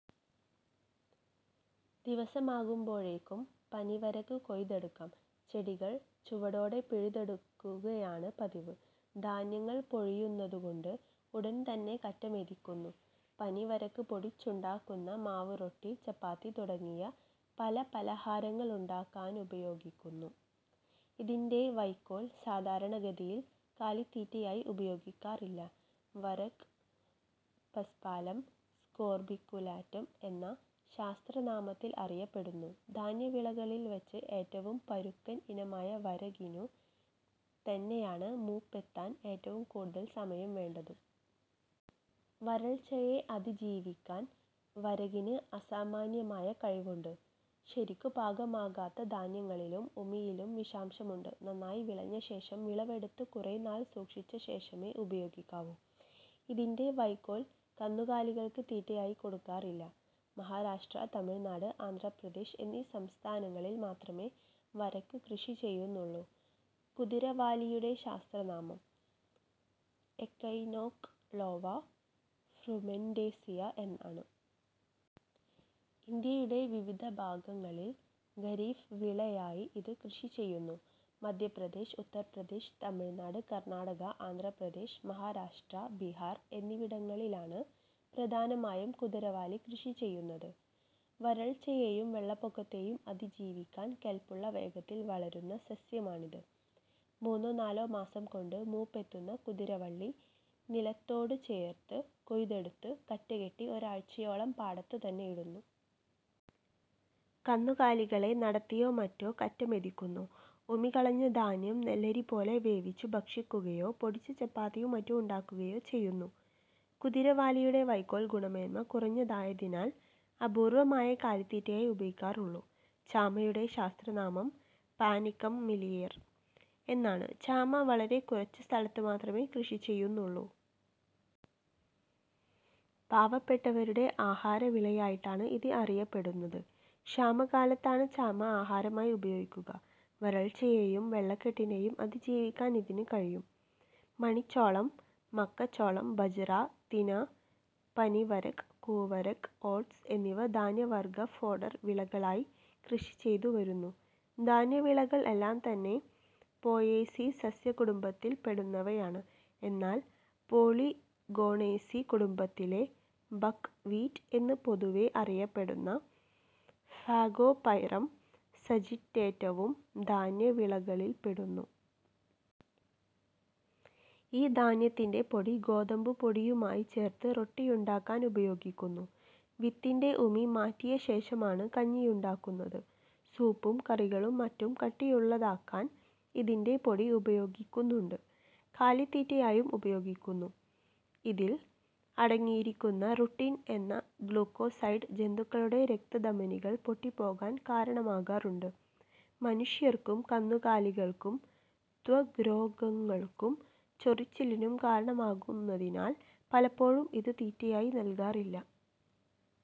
ദിവസമാകുമ്പോഴേക്കും പനിവരക് കൊയ്തെടുക്കാം. ചെടികൾ ചുവടോടെ പിഴുതെടുക്കുകയാണു പതിവ്. ധാന്യങ്ങൾ പൊഴിയുന്നതുകൊണ്ട് ഉടൻതന്നെ കറ്റ മെതിക്കുന്നു. പനിവരക് പൊടിച്ചുണ്ടാക്കുന്ന മാവ് റൊട്ടി, ചപ്പാത്തി തുടങ്ങിയ പല പലഹാരങ്ങളുണ്ടാക്കാനുപയോഗിക്കുന്നു. ഇതിന്റെ വയ്ക്കോൽ സാധാരണഗതിയിൽ കാലിത്തീറ്റയായി ഉപയോഗിക്കാറില്ല. വരക് പസ്പാലം സ്കോർബിക്കുലാറ്റം എന്ന ശാസ്ത്രനാമത്തിൽ അറിയപ്പെടുന്നു. ധാന്യവിളകളിൽവച്ച് ഏറ്റവും പരുക്കൻ ഇനമായ വരകിനു തന്നെയാണ് മൂപ്പെത്താൻ ഏറ്റവും കൂടുതൽ സമയം വേണ്ടതും. വരൾച്ചയെ അതിജീവിക്കാൻ വരകിന് അസാമാന്യമായ കഴിവുണ്ട്. ശരിക്കു പാകമാകാത്ത ധാന്യങ്ങളിലും ഉമിയിലും വിഷാംശമുണ്ട്. നന്നായി വിളഞ്ഞശേഷം വിളവെടുത്ത് കുറേനാൾ സൂക്ഷിച്ചശേഷമേ ഉപയോഗിക്കാവൂ. ഇതിന്റെ വയ്ക്കോൽ കന്നുകാലികൾക്ക് തീറ്റയായി കൊടുക്കാറില്ല. മഹാരാഷ്ട്ര, തമിഴ്നാട്, ആന്ധ്രപ്രദേശ് എന്നീ സംസ്ഥാനങ്ങളിൽ മാത്രമേ വരക് കൃഷി ചെയ്യുന്നുള്ളൂ. കുതിരവാലിയുടെ ശാസ്ത്രനാമം: എക്കൈനോക്ളോവ ഫ്രുമെന്റേസിയ എന്നാണ്. ഇന്ത്യയുടെ വിവിധ ഭാഗങ്ങളിൽ ഖരീഫ് വിളയായി ഇത് കൃഷിചെയ്യുന്നു. മധ്യപ്രദേശ്, ഉത്തർപ്രദേശ്, തമിഴ്നാട്, കർണാടക, ആന്ധ്രപ്രദേശ്, മഹാരാഷ്ട്ര, ബിഹാർ എന്നിവിടങ്ങളിലാണ് പ്രധാനമായും കുതിരവാലി കൃഷിചെയ്യുന്നത്. വരൾച്ചയെയും വെള്ളപ്പൊക്കത്തെയും അതിജീവിക്കാൻ കെല്പുള്ള, വേഗത്തിൽ വളരുന്ന സസ്യമാണിത്. മൂന്നോ നാലോ മാസംകൊണ്ട് മൂപ്പെത്തുന്ന കുതിരവള്ളി നിലത്തോടു ചേർത്ത് കൊയ്തെടുത്തു കറ്റകെട്ടി ഒരാഴ്ചയോളം പാടത്തുതന്നെ ഇടുന്നു. കന്നുകാലികളെ നടത്തിയോ മറ്റോ കറ്റ മെതിക്കുന്നു. ഉമി കളഞ്ഞ ധാന്യം നെല്ലരി പോലെ വേവിച്ചു ഭക്ഷിക്കുകയോ പൊടിച്ച് ചപ്പാത്തിയും മറ്റും ഉണ്ടാക്കുകയോ ചെയ്യുന്നു. കുതിരവാലിയുടെ വയ്ക്കോൽ ഗുണമേന്മ കുറഞ്ഞതായതിനാൽ അപൂർവമായേ കാലിത്തീറ്റയായി ഉപയോഗിക്കാറുള്ളൂ. ചാമയുടെ ശാസ്ത്രനാമം: പാനിക്കം മിലിയേർ. എന്നാണ്. ചാമ വളരെ കുറച്ചു സ്ഥലത്തു മാത്രമേ കൃഷിചെയ്യുന്നുള്ളൂ. പാവപ്പെട്ടവരുടെ ആഹാരവിളയായിട്ടാണ് ഇത് അറിയപ്പെടുന്നത്. ക്ഷാമകാലത്താണ് ചാമ ആഹാരമായി ഉപയോഗിക്കുക. വരൾച്ചയെയും വെള്ളക്കെട്ടിനെയും അതിജീവിക്കാൻ ഇതിനു കഴിയും. മണിച്ചോളം, മക്കച്ചോളം, ബജ്റ, തിന, പനിവരക്, കൂവരക്, ഓട്സ് എന്നിവ ധാന്യവർഗ ഫോഡർ വിളകളായി കൃഷിചെയ്തുവരുന്നു. ധാന്യവിളകൾ എല്ലാംതന്നെ പോയേസീ സസ്യകുടുംബത്തിൽപ്പെടുന്നവയാണ്. എന്നാൽ പോളിഗോണേസീ കുടുംബത്തിലെ ബക് വീറ്റ് എന്ന് പൊതുവേ അറിയപ്പെടുന്ന ഫാഗോപൈറം സജിറ്റേറ്റവും ധാന്യവിളകളിൽപ്പെടുന്നു. ഈ ധാന്യത്തിന്റെ പൊടി ഗോതമ്പുപൊടിയുമായിച്ചേർത്ത് റൊട്ടിയുണ്ടാക്കാനുപയോഗിക്കുന്നു. വിത്തിന്റെ ഉമി മാറ്റിയശേഷമാണ് കഞ്ഞിയുണ്ടാക്കുന്നത്. സൂപ്പും കറികളും മറ്റും കട്ടിയുള്ളതാക്കാൻ ഇതിന്റെ പൊടി ഉപയോഗിക്കുന്നുണ്ട്. കാലിത്തീറ്റയായും ഉപയോഗിക്കുന്നു. ഇതിൽ അടങ്ങിയിരിക്കുന്ന റുട്ടിൻ എന്ന ഗ്ളൂക്കോസൈഡ് ജന്തുക്കളുടെ രക്തധമനികൾ പൊട്ടിപ്പോകാൻ കാരണമാകാറുണ്ട്. മനുഷ്യർക്കും കന്നുകാലികൾക്കും ത്വഗ്രോഗങ്ങൾക്കും ചൊറിച്ചിലിനും കാരണമാകുന്നതിനാൽ പലപ്പോഴും ഇത് തീറ്റയായി നല്കാറില്ല.